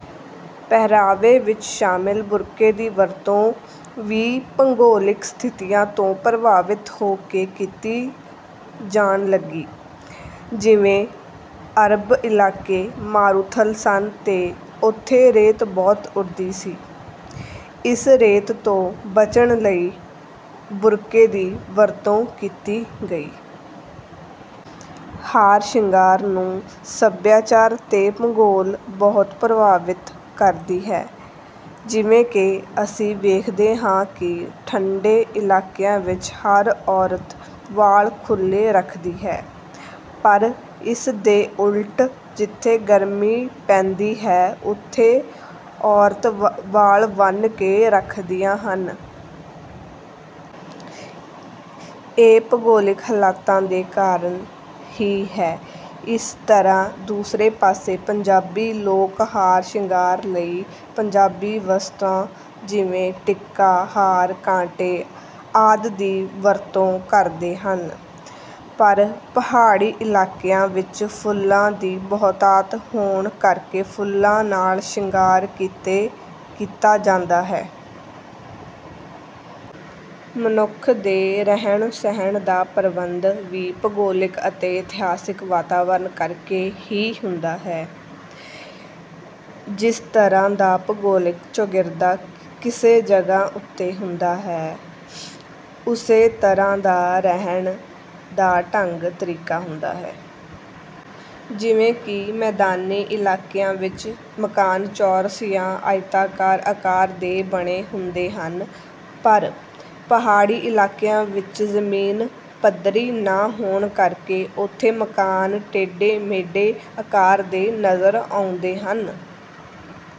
ਪਹਿਰਾਵੇ ਵਿੱਚ ਸ਼ਾਮਿਲ ਬੁਰਕੇ ਦੀ ਵਰਤੋਂ ਵੀ ਭੂਗੋਲਿਕ ਸਥਿਤੀਆਂ ਤੋਂ ਪ੍ਰਭਾਵਿਤ ਹੋ ਕੇ ਕੀਤੀ ਜਾਣ ਲੱਗੀ। ਜਿਵੇਂ ਅਰਬ ਇਲਾਕੇ ਮਾਰੂਥਲ ਸਨ ਤੇ ਉੱਥੇ ਰੇਤ ਬਹੁਤ ਉੱਡਦੀ ਸੀ, ਇਸ ਰੇਤ ਤੋਂ ਬਚਣ ਲਈ ਬੁਰਕੇ ਦੀ ਵਰਤੋਂ ਕੀਤੀ ਗਈ। ਹਾਰ ਸਿੰਗਾਰ ਨੂੰ ਸਭਿਆਚਾਰ ਤੇ ਭੂਗੋਲ ਬਹੁਤ ਪ੍ਰਭਾਵਿਤ ਕਰਦਾ ਹੈ, ਜਿਵੇਂ ਕਿ ਅਸੀਂ ਵੇਖਦੇ ਹਾਂ ਕਿ ਠੰਡੇ ਇਲਾਕਿਆਂ ਵਿੱਚ ਹਰ ਔਰਤ ਵਾਲ ਖੁੱਲੇ ਰੱਖਦੀ ਹੈ, ਪਰ ਇਸ ਦੇ ਉਲਟ ਜਿੱਥੇ ਗਰਮੀ ਪੈਂਦੀ ਹੈ, ਉੱਥੇ ਔਰਤਾਂ ਵਾਲ ਬੰਨ੍ਹ ਕੇ ਰੱਖਦੀਆਂ ਹਨ। ਇਹ ਭੂਗੋਲਿਕ ਹਾਲਾਤਾਂ ਦੇ ਕਾਰਨ ਹੀ ਹੈ। ਇਸੇ ਤਰ੍ਹਾਂ ਦੂਜੇ ਪਾਸੇ ਪੰਜਾਬੀ ਲੋਕ ਹਾਰ ਸਿੰਗਾਰ ਲਈ ਪੰਜਾਬੀ ਵਸਤਾਂ ਜਿਵੇਂ ਟਿੱਕਾ, ਹਾਰ, ਕਾਂਟੇ ਆਦਿ ਦੀ ਵਰਤੋਂ ਕਰਦੇ ਹਨ, ਪਰ ਪਹਾੜੀ ਇਲਾਕਿਆਂ ਵਿੱਚ ਫੁੱਲਾਂ ਦੀ ਬਹੁਤਾਤ ਹੋਣ ਕਰਕੇ ਫੁੱਲਾਂ ਨਾਲ ਸਿੰਗਾਰ ਕੀਤਾ ਜਾਂਦਾ ਹੈ। ਮਨੁੱਖ ਦੇ ਰਹਿਣ ਸਹਿਣ ਦਾ ਪ੍ਰਬੰਧ ਵੀ ਭੂਗੋਲਿਕ ਅਤੇ ਇਤਿਹਾਸਿਕ ਵਾਤਾਵਰਣ ਕਰਕੇ ਹੀ ਹੁੰਦਾ ਹੈ। ਜਿਸ ਤਰ੍ਹਾਂ ਦਾ ਭੂਗੋਲਿਕ ਚੌਗਿਰਦਾ ਕਿਸੇ ਜਗ੍ਹਾ ਉੱਤੇ ਹੁੰਦਾ ਹੈ, ਉਸੇ ਤਰ੍ਹਾਂ ਦਾ ਰਹਿਣ ਦਾ ਢੰਗ ਤਰੀਕਾ ਹੁੰਦਾ ਹੈ। ਜਿਵੇਂ ਕਿ ਮੈਦਾਨੀ ਇਲਾਕਿਆਂ ਵਿੱਚ ਮਕਾਨ ਚੌਰਸ ਜਾਂ ਆਇਤਾਕਾਰ ਅਕਾਰ ਦੇ ਬਣੇ ਹੁੰਦੇ ਹਨ। ਪਰ ਪਹਾੜੀ ਇਲਾਕਿਆਂ ਵਿੱਚ ਜ਼ਮੀਨ ਪੱਧਰੀ ਨਾ ਹੋਣ ਕਰਕੇ ਉੱਥੇ ਮਕਾਨ ਟੇਢੇ ਮੇਢੇ ਅਕਾਰ ਵਿੱਚ ਨਜ਼ਰ ਆਉਂਦੇ ਹਨ।